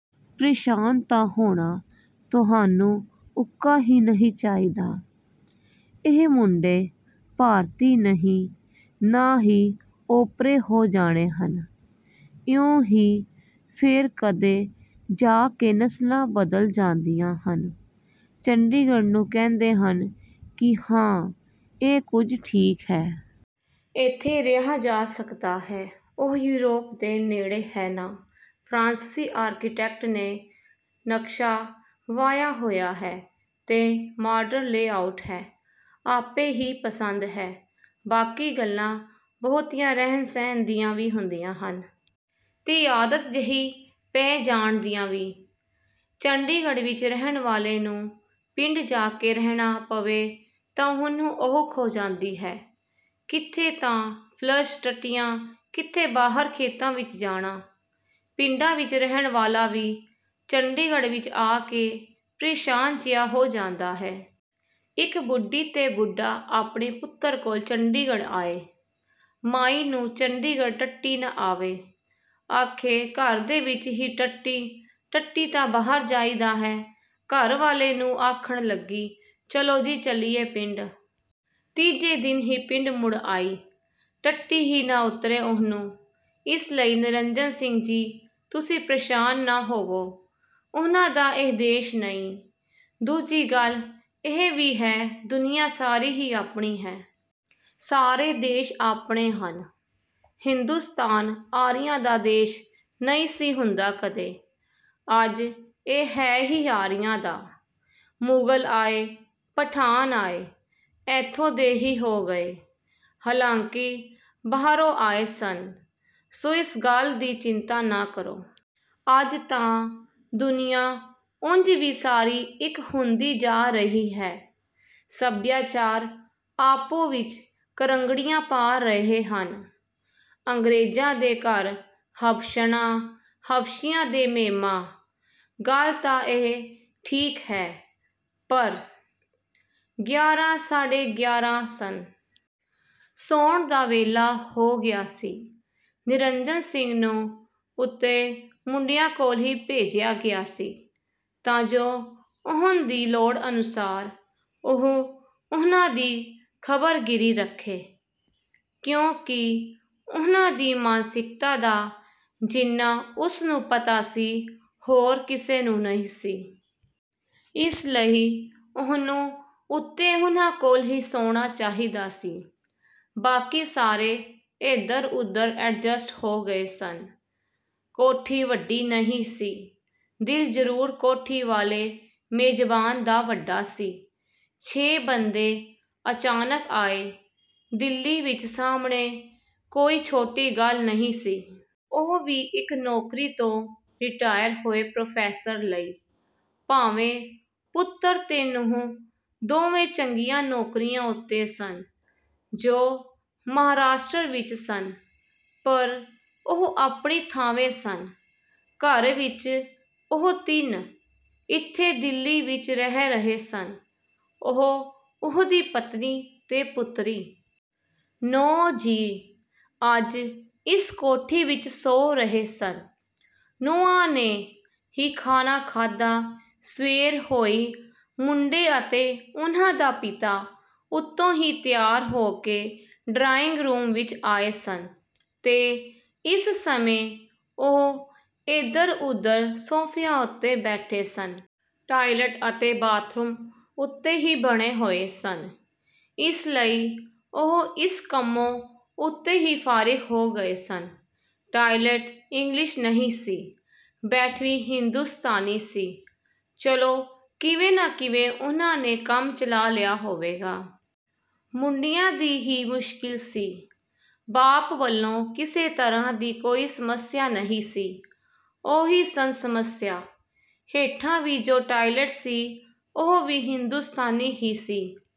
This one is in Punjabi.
ਪ੍ਰੇਸ਼ਾਨ ਤਾਂ ਹੋਣਾ ਤੁਹਾਨੂੰ ਉਕਾ ਹੀ ਨਹੀਂ ਚਾਹੀਦਾ। ਇਹ ਮੁੰਡੇ ਭਾਰਤੀ ਨਹੀਂ, ਨਾ ਹੀ ਓਪਰੇ ਹੋ ਜਾਣੇ ਹਨ। ਇਉਂ ਹੀ ਫੇਰ ਕਦੇ ਜਾ ਕੇ ਨਸਲਾਂ ਬਦਲ ਜਾਂਦੀਆਂ ਹਨ। " "ਚੰਡੀਗੜ੍ਹ ਨੂੰ ਕਹਿੰਦੇ ਹਨ ਕਿ ਹਾਂ ਇਹ ਕੁਝ ਠੀਕ ਹੈ। ਏਥੇ ਰਿਹਾ ਜਾ ਸਕਦਾ ਹੈ। " "ਉਹ ਯੂਰਪ ਦੇ ਨੇੜੇ ਹੈ ਨਾ। ਫ਼ਰਾਂਸੀਸੀ ਆਰਕੀਟੈਕਟ ਨੇ ਨਕਸ਼ਾ ਵਾਹਿਆ ਹੋਇਆ ਹੈ ਤੇ ਮਾਡਰਨ ਲੇਅ ਆਊਟ ਹੈ। ਆਪੇ ਹੀ ਪਸੰਦ ਹੈ। ਬਾਕੀ ਗੱਲਾਂ ਬਹੁਤੀਆਂ ਰਹਿਣ-ਸਹਿਣ ਦੀਆਂ ਵੀ ਹੁੰਦੀਆਂ ਹਨ। ਤੇ ਆਦਤ ਜਿਹੀ ਪੈ ਜਾਣ ਦੀਆਂ ਵੀ। ਚੰਡੀਗੜ੍ਹ ਵਿਚ ਰਹਿਣ ਵਾਲੇ ਨੂੰ ਪਿੰਡ ਜਾ ਕੇ ਰਹਿਣਾ ਪਵੇ ਤਾਂ ਉਹਨੂੰ ਔਖ ਹੋ ਜਾਂਦੀ ਹੈ। ਕਿਥੇ ਤਾਂ ਫਲਸ਼ ਟੱਟੀਆਂ, ਕਿਥੇ ਬਾਹਰ ਖੇਤਾਂ ਵਿਚ ਜਾਣਾ। ਪਿੰਡਾਂ ਵਿਚ ਰਹਿਣ ਵਾਲਾ ਵੀ ਚੰਡੀਗੜ੍ਹ ਵਿਚ ਆ ਕੇ ਪ੍ਰੇਸ਼ਾਨ ਜਿਹਾ ਹੋ ਜਾਂਦਾ ਹੈ। ਇਕ ਬੁੱਢੀ ਤੇ ਬੁੱਢਾ ਆਪਣੇ ਪੁੱਤਰ ਕੋਲ ਚੰਡੀਗੜ੍ਹ ਆਏ। ਮਾਈ ਨੂੰ ਚੰਡੀਗੜ੍ਹ ਟੱਟੀ ਨਾ ਆਵੇ। ਅਖੇ ਘਰ ਦੇ ਵਿਚ ਹੀ ਟੱਟੀ? ਟੱਟੀ ਤਾਂ ਬਾਹਰ ਜਾਈਦਾ ਹੈ। ਘਰ ਵਾਲੇ ਨੂੰ ਆਖਣ ਲੱਗੀ, "ਚੱਲੋ ਜੀ, ਚੱਲੀਏ ਪਿੰਡ। " ਤੀਜੇ ਦਿਨ ਹੀ ਪਿੰਡ ਮੁੜ ਆਈ। ਟੱਟੀ ਹੀ ਨਾ ਉਤਰੇ ਉਹਨੂੰ। ਇਸ ਲਈ ਨਿਰੰਜਨ ਸਿੰਘ ਜੀ, ਤੁਸੀਂ ਪ੍ਰੇਸ਼ਾਨ ਨਾ ਹੋਵੋ। ਉਹਨਾਂ ਦਾ ਇਹ ਦੇਸ਼ ਨਹੀਂ। ਦੂਜੀ ਗੱਲ ਇਹ ਵੀ ਹੈ, ਦੁਨੀਆਂ ਸਾਰੀ ਹੀ ਆਪਣੀ ਹੈ। ਸਾਰੇ ਦੇਸ਼ ਆਪਣੇ ਹਨ। ਹਿੰਦੁਸਤਾਨ ਆਰੀਆਂ ਦਾ ਦੇਸ਼ ਨਹੀਂ ਸੀ ਹੁੰਦਾ ਕਦੇ, ਅੱਜ ਇਹ ਹੈ ਹੀ ਆਰੀਆਂ ਦਾ। ਮੁਗਲ ਆਏ, ਪਠਾਨ ਆਏ, ਏਥੋਂ ਦੇ ਹੀ ਹੋ ਗਏ। ਹਾਲਾਂਕਿ ਬਾਹਰੋਂ ਆਏ ਸਨ। ਸੋ ਇਸ ਗੱਲ ਦੀ ਚਿੰਤਾ ਨਾ ਕਰੋ। ਅੱਜ ਤਾਂ ਦੁਨੀਆਂ ਉਂਝ ਵੀ ਸਾਰੀ ਇਕ ਹੁੰਦੀ ਜਾ ਰਹੀ ਹੈ। ਸੱਭਿਆਚਾਰ ਆਪੋ ਵਿਚ ਕਰੰਗੜੀਆਂ ਪਾ ਰਹੇ ਹਨ। ਅੰਗਰੇਜ਼ਾਂ ਦੇ ਘਰ ਹਬਸ਼ਣਾਂ, ਹਬਸ਼ੀਆਂ ਦੇ ਮੇਮਾਂ। " "ਗੱਲ ਤਾਂ ਇਹ ਠੀਕ ਹੈ, ਪਰ…. " ਗਿਆਰਾਂ ਸਾਢੇ ਗਿਆਰ੍ਹਾਂ ਸਨ। ਸੌਣ ਦਾ ਵੇਲਾ ਹੋ ਗਿਆ ਸੀ। ਨਿਰੰਜਣ ਸਿੰਘ ਨੂੰ ਉਤੇ ਮੁੰਡਿਆਂ ਕੋਲ ਹੀ ਭੇਜਿਆ ਗਿਆ ਸੀ ਤਾਂ ਜੋ ਉਹਨ ਦੀ ਲੋੜ ਅਨੁਸਾਰ ਉਹ ਉਹਨਾਂ ਦੀ ਖਬਰਗੀਰੀ ਰੱਖੇ ਕਿਉਂਕਿ ਉਹਨਾਂ ਦੀ ਮਾਨਸਿਕਤਾ ਦਾ ਜਿੰਨਾ ਉਸ ਨੂੰ ਪਤਾ ਸੀ, ਹੋਰ ਕਿਸੇ ਨੂੰ ਨਹੀਂ ਸੀ। ਇਸ ਲਈ ਉਹਨੂੰ ਉਤੇ ਉਹਨਾਂ ਕੋਲ ਹੀ ਸੌਣਾ ਚਾਹੀਦਾ ਸੀ। ਬਾਕੀ ਸਾਰੇ ਏਧਰ-ਉਧਰ ਐਡਜਸਟ ਹੋ ਗਏ ਸਨ। ਕੋਠੀ ਵੱਡੀ ਨਹੀਂ ਸੀ, ਦਿਲ ਜਰੂਰ ਕੋਠੀ ਵਾਲੇ ਮੇਜ਼ਬਾਨ ਦਾ ਵੱਡਾ ਸੀ। ਛੇ ਬੰਦੇ ਅਚਾਨਕ ਆਏ ਦਿੱਲੀ ਵਿਚ ਸਾਂਭਣੇ ਕੋਈ ਛੋਟੀ ਗੱਲ ਨਹੀਂ ਸੀ। ਉਹ ਵੀ ਇਕ ਨੌਕਰੀ ਤੋਂ ਰਿਟਾਇਰ ਹੋਏ ਪ੍ਰੋਫੈਸਰ ਲਈ। ਭਾਵੇਂ ਪੁੱਤਰ ਤੇ ਨੂੰਹ ਦੋਵੇਂ ਚੰਗੀਆਂ ਨੌਕਰੀਆਂ ਉਤੇ ਸਨ ਜੋ ਮਹਾਂਰਾਸ਼ਟਰ ਵਿਚ ਸਨ ਪਰ ਉਹ ਆਪਣੀ ਥਾਵੇਂ ਸਨ। ਘਰ ਵਿਚ ਉਹ ਤਿੰਨ ਇੱਥੇ ਦਿੱਲੀ ਵਿਚ ਰਹਿ ਰਹੇ ਸਨ, ਉਹ, ਉਹਦੀ ਪਤਨੀ, ਤੇ ਪੁੱਤਰੀ। ਨੌਂ ਜੀਅ ਅੱਜ ਇਸ ਕੋਠੀ ਵਿਚ ਸੌਂ ਰਹੇ ਸਨ। ਨੌਆਂ ਨੇ ਹੀ ਖਾਣਾ ਖਾਧਾ। ਸਵੇਰ ਹੋਈ। ਮੁੰਡੇ ਅਤੇ ਉਹਨਾਂ ਦਾ ਪਿਤਾ ਉਤੋਂ ਹੀ ਤਿਆਰ ਹੋ ਕੇ ਡਰਾਇੰਗ ਰੂਮ ਵਿਚ ਆਏ ਸਨ ਤੇ ਇਸ ਸਮੇਂ ਉਹ ਏਧਰ-ਉਧਰ ਸੋਫ਼ਿਆਂ ਉਤੇ ਬੈਠੇ ਸਨ। ਟਾਇਲਟ ਅਤੇ ਬਾਥਰੂਮ ਉਤੇ ਵੀ ਬਣੇ ਹੋਏ ਸਨ। ਇਸ ਲਈ ਉਹ ਇਸ ਕੰਮੋਂ ਉਤੇ ਹੀ ਫ਼ਾਰਿਗ ਹੋ ਗਏ ਸਨ। ਟਾਇਲਟ ਇੰਗਲਿਸ਼ ਨਹੀਂ ਸੀ, ਬੈਠਵੀਂ ਹਿੰਦੂਸਤਾਨੀ ਸੀ। ਚਲੋ, ਕਿਵੇਂ ਨਾ ਕਿਵੇਂ ਉਹਨਾਂ ਨੇ ਕੰਮ ਚਲਾ ਲਿਆ ਹੋਵੇਗਾ। ਮੁੰਡਿਆਂ ਦੀ ਹੀ ਮੁਸ਼ਕਿਲ ਸੀ। ਬਾਪ ਵਲੋਂ ਕਿਸੇ ਤਰ੍ਹਾਂ ਦੀ ਕੋਈ ਸਮੱਸਿਆ ਨਹੀਂ ਸੀ। ਉਹੀ ਸਨ ਸਮੱਸਿਆ। ਹੇਠਾਂ ਵੀ ਜੋ ਟਾਇਲਟ ਸੀ, ਉਹ ਵੀ ਹਿੰਦੂਸਤਾਨੀ ਹੀ ਸੀ।